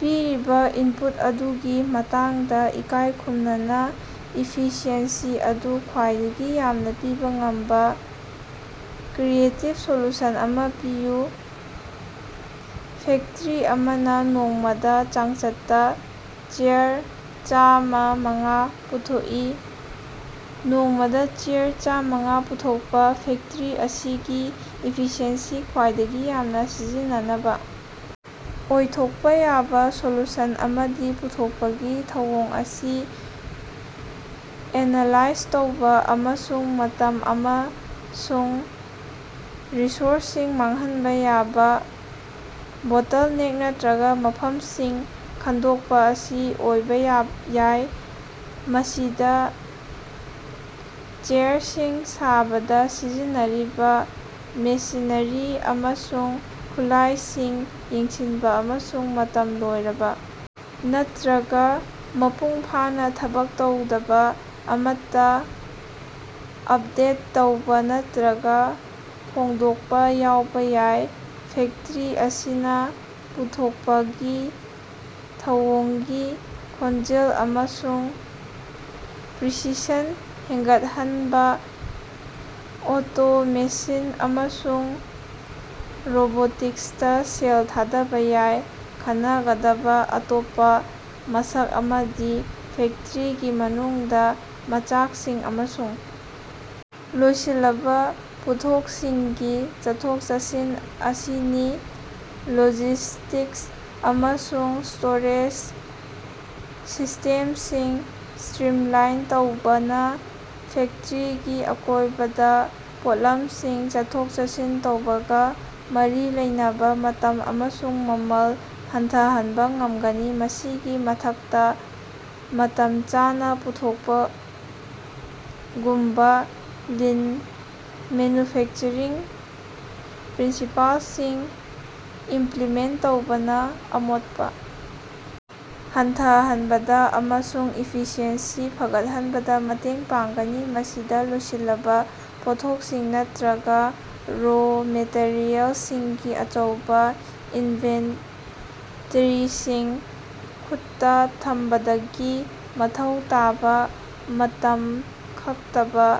ꯄꯤꯔꯤꯕ ꯏꯟꯄꯨꯠ ꯑꯗꯨꯒꯤ ꯃꯇꯥꯡꯗ ꯏꯀꯥꯏ ꯈꯨꯝꯅꯅ, ꯏꯐꯤꯁꯤꯑꯦꯟꯁꯤ ꯑꯗꯨ ꯈ꯭ꯋꯥꯏꯗꯒꯤ ꯌꯥꯝꯅ ꯄꯤꯕ ꯉꯝꯕ ꯀ꯭ꯔꯤꯌꯦꯇꯤꯚ ꯁꯣꯂꯨꯁꯟ ꯑꯃ ꯄꯤꯌꯨ꯫ ꯐꯦꯛꯇꯔꯤ ꯑꯃꯅ ꯅꯣꯡꯃꯗ ꯆꯥꯡꯆꯠꯇ ꯆꯦꯌꯔ ꯆꯥꯃꯉꯥ ꯄꯨꯊꯣꯛꯏ꯫ ꯅꯣꯡꯃꯗ ꯆꯦꯌꯔ ꯆꯥꯃꯉꯥ ꯄꯨꯊꯣꯛꯄ ꯐꯦꯛꯇꯔꯤ ꯑꯁꯤꯒꯤ ꯏꯐꯤꯁꯤꯑꯦꯟꯁꯤ ꯈ꯭ꯋꯥꯏꯗꯒꯤ ꯌꯥꯝꯅ ꯁꯤꯖꯤꯟꯅꯅꯕ ꯑꯣꯏꯊꯣꯛꯄ ꯌꯥꯕ ꯁꯣꯂꯨꯁꯟ ꯑꯃꯗꯤ ꯄꯨꯊꯣꯛꯄꯒꯤ ꯊꯧꯑꯣꯡ ꯑꯁꯤ ꯑꯦꯅꯂꯥꯏꯖ ꯇꯧꯕ ꯑꯃꯁꯨꯡ ꯃꯇꯝ ꯑꯃꯁꯨꯡ ꯔꯤꯁꯣꯔꯁꯁꯤꯡ ꯃꯥꯡꯍꯟꯕ ꯌꯥꯕ ꯕꯣꯇꯜꯅꯦꯛ ꯅꯠꯇ꯭ꯔꯒ ꯃꯐꯝꯁꯤꯡ ꯈꯪꯗꯣꯛꯄ ꯑꯁꯤ ꯑꯣꯏꯕ ꯌꯥꯏ꯫ ꯃꯁꯤꯗ ꯆꯦꯌꯔꯁꯤꯡ ꯁꯥꯕꯗ ꯁꯤꯖꯤꯟꯅꯔꯤꯕ ꯃꯦꯁꯤꯅꯔꯤ ꯑꯃꯁꯨꯡ ꯈꯨꯠꯂꯥꯏꯁꯤꯡ ꯌꯦꯡꯁꯤꯟꯕ ꯑꯃꯁꯨꯡ ꯃꯇꯝ ꯂꯣꯏꯔꯕ ꯅꯠꯇ꯭ꯔꯒ ꯃꯄꯨꯡ ꯐꯥꯅ ꯊꯕꯛ ꯇꯧꯗꯕ ꯑꯃꯠꯇ ꯑꯞꯗꯦꯠ ꯇꯧꯕ ꯅꯠꯇ꯭ꯔꯒ ꯍꯣꯡꯗꯣꯛꯄ ꯌꯥꯎꯕ ꯌꯥꯏ꯫ ꯐꯦꯛꯇꯔꯤ ꯑꯁꯤꯅ ꯄꯨꯊꯣꯛꯄꯒꯤ ꯊꯧꯑꯣꯡꯒꯤ ꯈꯣꯡꯖꯦꯜ ꯑꯃꯁꯨꯡ ꯄ꯭ꯔꯤꯁꯤꯁꯟ ꯍꯦꯟꯒꯠꯍꯟꯅꯕ ꯑꯣꯇꯣꯃꯦꯁꯤꯟ ꯑꯃꯁꯨꯡ ꯔꯣꯕꯣꯇꯤꯛꯁꯇ ꯁꯦꯜ ꯊꯥꯗꯕ ꯌꯥꯏ꯫ ꯈꯟꯅꯒꯗꯕꯥꯑꯇꯣꯞꯄ ꯃꯁꯛ ꯑꯃꯗꯤ ꯐꯦꯛꯇꯔꯤꯒꯤ ꯃꯅꯨꯡꯗ ꯃꯆꯥꯛꯁꯤꯡ ꯑꯃꯁꯨꯡ ꯂꯣꯏꯁꯤꯜꯂꯕ ꯄꯣꯠꯊꯣꯛꯁꯤꯡꯒꯤ ꯆꯠꯊꯣꯛ-ꯆꯠꯁꯤꯟ ꯑꯁꯤꯅꯤ꯫ ꯂꯣꯖꯤꯁ꯭ꯇꯤꯛꯁ ꯑꯃꯁꯨꯡ ꯁ꯭ꯇꯣꯔꯦꯖ ꯁꯤꯁꯇꯦꯝꯁꯤꯡ ꯁꯇ꯭ꯔꯤꯝꯂꯥꯏꯟ ꯇꯧꯕꯅ ꯐꯦꯛꯇꯔꯤꯒꯤ ꯑꯀꯣꯏꯕꯗ ꯄꯣꯠꯂꯝꯁꯤꯡ ꯆꯠꯊꯣꯛ-ꯆꯠꯁꯤꯟ ꯇꯧꯕꯒꯥ ꯃꯔꯤ ꯂꯩꯅꯕ ꯃꯇꯝ ꯑꯃꯁꯨꯡ ꯃꯃꯜ ꯍꯟꯊꯍꯟꯕ ꯉꯝꯒꯅꯤ꯫ ꯃꯁꯤꯒꯤ ꯃꯊꯛꯇ, ꯃꯇꯝ ꯆꯥꯅ ꯄꯨꯊꯣꯛꯄꯒꯨꯝꯕ ꯂꯤꯟ ꯃꯦꯅ꯭ꯌꯨꯐꯦꯛꯆꯔꯤꯡ ꯄ꯭ꯔꯤꯟꯁꯤꯄꯥꯜꯁꯤꯡ ꯏꯝꯄ꯭ꯂꯤꯃꯦꯟꯠ ꯇꯧꯕꯅ ꯑꯃꯣꯠꯄ ꯍꯟꯊꯍꯟꯕꯗ ꯑꯃꯁꯨꯡ ꯏꯐꯤꯁꯤꯑꯦꯟꯁꯤ ꯐꯒꯠꯍꯟꯕꯗ ꯃꯇꯦꯡ ꯄꯥꯡꯒꯅꯤ꯫ ꯃꯁꯤꯗ ꯂꯣꯏꯁꯤꯜꯂꯕ ꯄꯣꯠꯊꯣꯛꯁꯤꯡ ꯅꯠꯇ꯭ꯔꯒ ꯔꯣ ꯃꯦꯇꯔꯤꯌꯦꯜꯁꯤꯡꯒꯤ ꯑꯆꯧꯕ ꯏꯟꯚꯦꯟꯇꯔꯤꯁꯤꯡ ꯈꯨꯠꯇ ꯊꯝꯕꯗꯒꯤ ꯃꯊꯧ ꯇꯥꯕ ꯃꯇꯝ ꯈꯛꯇꯕ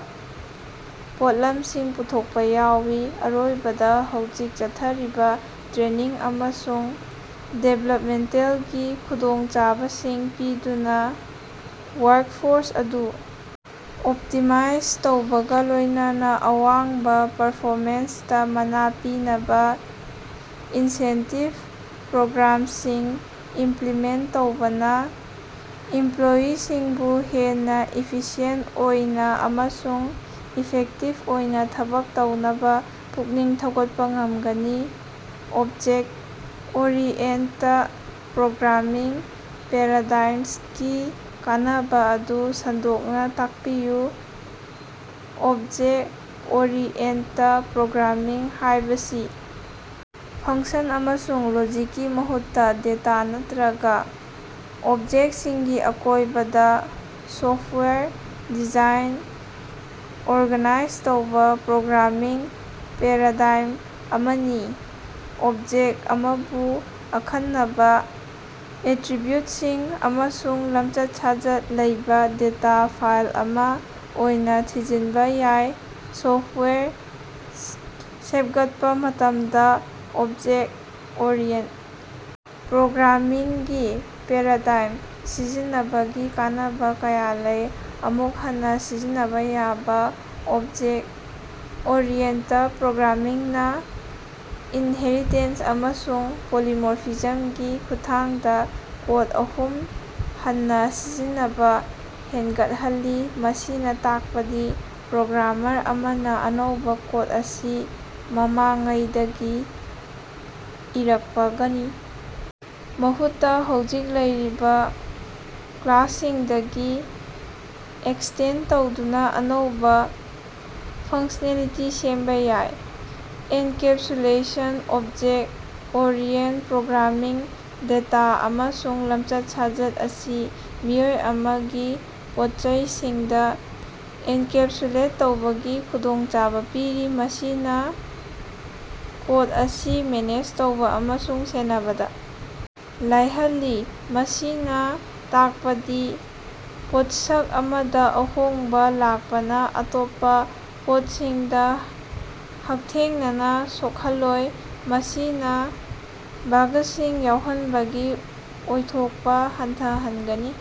ꯄꯣꯠꯂꯝꯁꯤꯡ ꯄꯨꯊꯣꯛꯄ ꯌꯥꯎꯏ꯫ ꯑꯔꯣꯏꯕꯗ, ꯍꯧꯖꯤꯛ ꯆꯠꯊꯔꯤꯕ ꯇ꯭ꯔꯦꯅꯤꯡ ꯑꯃꯁꯨꯡ ꯗꯤꯚꯦꯂꯞꯃꯦꯟꯠꯒꯤ ꯈꯨꯗꯣꯡꯆꯥꯕꯁꯤꯡ ꯄꯤꯗꯨꯅ ꯋ꯭ꯥꯔ꯭ꯛꯐꯣꯔꯁ ꯑꯗꯨ ꯑꯣꯞꯇꯤꯃꯥꯏꯖ ꯇꯧꯕꯒ ꯂꯣꯏꯅꯅ, ꯑꯋꯥꯡꯕ ꯄꯔꯐꯣꯃꯦꯟꯁ ꯃꯅꯥ ꯄꯤꯅꯕ ꯏꯟꯁꯦꯟꯇꯤꯚ ꯄ꯭ꯔꯣꯒ꯭ꯔꯥꯝꯁꯤꯡ ꯏꯝꯄ꯭ꯂꯤꯃꯦꯟꯠ ꯇꯧꯕꯅ ꯏꯝꯄ꯭ꯂꯣꯌꯤꯁꯤꯡꯕꯨ ꯍꯦꯟꯅ ꯏꯐꯤꯁꯤꯑꯦꯟꯠ ꯑꯣꯏꯅ ꯑꯃꯁꯨꯡ ꯏꯐꯦꯛꯇꯤꯚ ꯑꯣꯏꯅ ꯊꯕꯛ ꯇꯧꯅꯕ ꯄꯨꯛꯅꯤꯡ ꯊꯧꯒꯠꯄ ꯉꯝꯒꯅꯤ꯫ ꯑꯣꯕꯖꯦꯛꯇ-ꯑꯣꯔꯤꯑꯦꯟꯇꯦꯗ ꯄ꯭ꯔꯣꯒ꯭ꯔꯥꯃꯤꯡ ꯄꯦꯔꯥꯗꯥꯏꯝꯒꯤ ꯀꯥꯟꯅꯕ ꯑꯗꯨ ꯁꯟꯗꯣꯛꯅ ꯇꯥꯛꯄꯤꯌꯨ꯫ ꯑꯣꯕꯖꯦꯛ-ꯑꯣꯔꯤꯑꯦꯟꯇꯦꯗ ꯄ꯭ꯔꯣꯒ꯭ꯔꯥꯃꯤꯡ ꯍꯥꯢꯕꯁꯤ ꯐꯪꯁꯟ ꯑꯃꯁꯨꯡ ꯂꯣꯖꯤꯛꯀꯤ ꯃꯍꯨꯠꯇ ꯗꯦꯇꯥ, ꯅꯠꯇ꯭ꯔꯒ ꯑꯣꯕꯖꯦꯛꯁꯤꯡꯒꯤ ꯑꯀꯣꯏꯕꯗ ꯁꯣꯐꯋꯥꯌꯔ ꯗꯤꯖꯥꯏꯟ ꯑꯣꯔꯒꯥꯅꯥꯏꯖ ꯇꯧꯕ ꯄ꯭ꯔꯣꯒ꯭ꯔꯥꯃꯤꯡ ꯄꯦꯔꯥꯗꯥꯏꯝ ꯑꯃꯅꯤ꯫ ꯑꯣꯕꯖꯦꯛ ꯑꯃꯕꯨ ꯑꯈꯟꯅꯕ ꯑꯦꯠꯔꯤꯕꯤꯎꯇꯁꯤꯡ ꯑꯃꯁꯨꯡ ꯂꯝꯆꯠ-ꯁꯥꯖꯠ ꯂꯩꯕ ꯗꯦꯇꯥ ꯐꯥꯜꯗ ꯑꯃ ꯑꯣꯏꯅ ꯊꯤꯖꯤꯟꯕ ꯌꯥꯏ꯫ ꯁꯣꯐꯋꯥꯌꯔ ꯁꯦꯞꯒꯠꯄ ꯃꯇꯝꯗ ꯑꯣꯕꯖꯦꯛ ꯑꯣꯔꯤꯌꯦꯟ ꯄ꯭ꯔꯣꯒ꯭ꯔꯥꯃꯤꯡ ꯒꯤ ꯄꯦꯔꯥꯗꯥꯏꯝ ꯁꯤꯖꯤꯟꯅꯕꯒꯤ ꯀꯥꯟꯅꯕ ꯀꯌꯥ ꯂꯩ: ꯑꯃꯨꯛ ꯍꯟꯅ ꯁꯤꯖꯤꯟꯅꯕ ꯌꯥꯕ: ꯑꯣꯕꯖꯦꯛ ꯑꯣꯔꯤꯌꯦꯟꯇ ꯄ꯭ꯔꯣꯒ꯭ꯔꯥꯃꯤꯡ ꯅ ꯏꯟꯍꯦꯔꯤꯇꯦꯁꯟ ꯑꯃꯁꯨꯡ ꯄꯣꯂꯤꯃꯔꯐꯤꯖꯝꯒꯤ ꯈꯨꯠꯊꯥꯡꯗ ꯀꯣꯗ ꯑꯃꯨꯛ ꯍꯟꯅ ꯁꯤꯖꯤꯟꯅꯕ ꯍꯦꯟꯒꯠꯍꯜꯂꯤ꯫ ꯃꯁꯤꯅ ꯇꯥꯛꯄꯗꯤ ꯄ꯭ꯔꯣꯒ꯭ꯔꯥꯃꯔ ꯑꯃꯅ ꯑꯅꯧꯕ ꯀꯣꯗ ꯑꯁꯤ ꯃꯃꯥꯡꯉꯩꯗꯒꯤ ꯏꯔꯛꯄꯒꯅꯤ ꯃꯍꯨꯠꯇ, ꯍꯧꯖꯤꯛ ꯂꯩꯔꯤꯕ ꯀ꯭ꯂꯥꯁꯁꯤꯡꯗꯒꯤ ꯑꯦꯛꯁꯇꯦꯟꯗ ꯇꯧꯗꯨꯅ ꯑꯅꯧꯕ ꯐꯪꯁꯅꯦꯂꯤꯇꯤ ꯁꯦꯝꯕ ꯌꯥꯏ꯫ ꯑꯦꯟꯀꯦꯞꯁꯨꯂꯦꯁꯟ: ꯑꯣꯕꯖꯦꯛ ꯑꯣꯔꯤꯌꯦꯟꯇꯦꯠ ꯄ꯭ꯔꯣꯒ꯭ꯔꯥꯃꯤꯡ ꯅ ꯗꯦꯇꯥ ꯑꯃꯁꯨꯡ ꯂꯝꯆꯠ-ꯁꯥꯖꯠ ꯑꯁꯤ ꯃꯤꯑꯣꯏ ꯑꯃꯒꯤ ꯄꯣꯠꯆꯩꯁꯤꯡꯗ ꯑꯦꯟꯀꯦꯞꯁꯨꯂꯦꯠ ꯇꯧꯕꯒꯤ ꯈꯨꯗꯣꯡꯆꯥꯕ ꯄꯤꯔꯤ, ꯃꯁꯤꯅ ꯀꯣꯗ ꯑꯁꯤ ꯃꯦꯅꯦꯖ ꯇꯧꯕ ꯑꯃꯁꯨꯡ ꯁꯦꯟꯅꯕꯗ ꯂꯥꯏꯍꯜꯂꯤ꯫ ꯃꯁꯤꯅ ꯇꯥꯛꯄꯗꯤ ꯄꯣꯠꯁꯛ ꯑꯃꯗ ꯑꯍꯣꯡꯕ ꯂꯥꯛꯄꯅ ꯑꯇꯣꯞꯄ ꯄꯣꯠꯁꯤꯡꯗ ꯍꯛꯊꯦꯡꯅꯅ ꯁꯣꯛꯍꯜꯂꯣꯏ, ꯃꯁꯤꯅ ꯕꯥꯒꯁꯤꯡ ꯌꯥꯎꯍꯟꯕꯒꯤ ꯑꯣꯏꯊꯣꯛꯄ ꯍꯟꯊꯍꯟꯒꯅꯤ꯫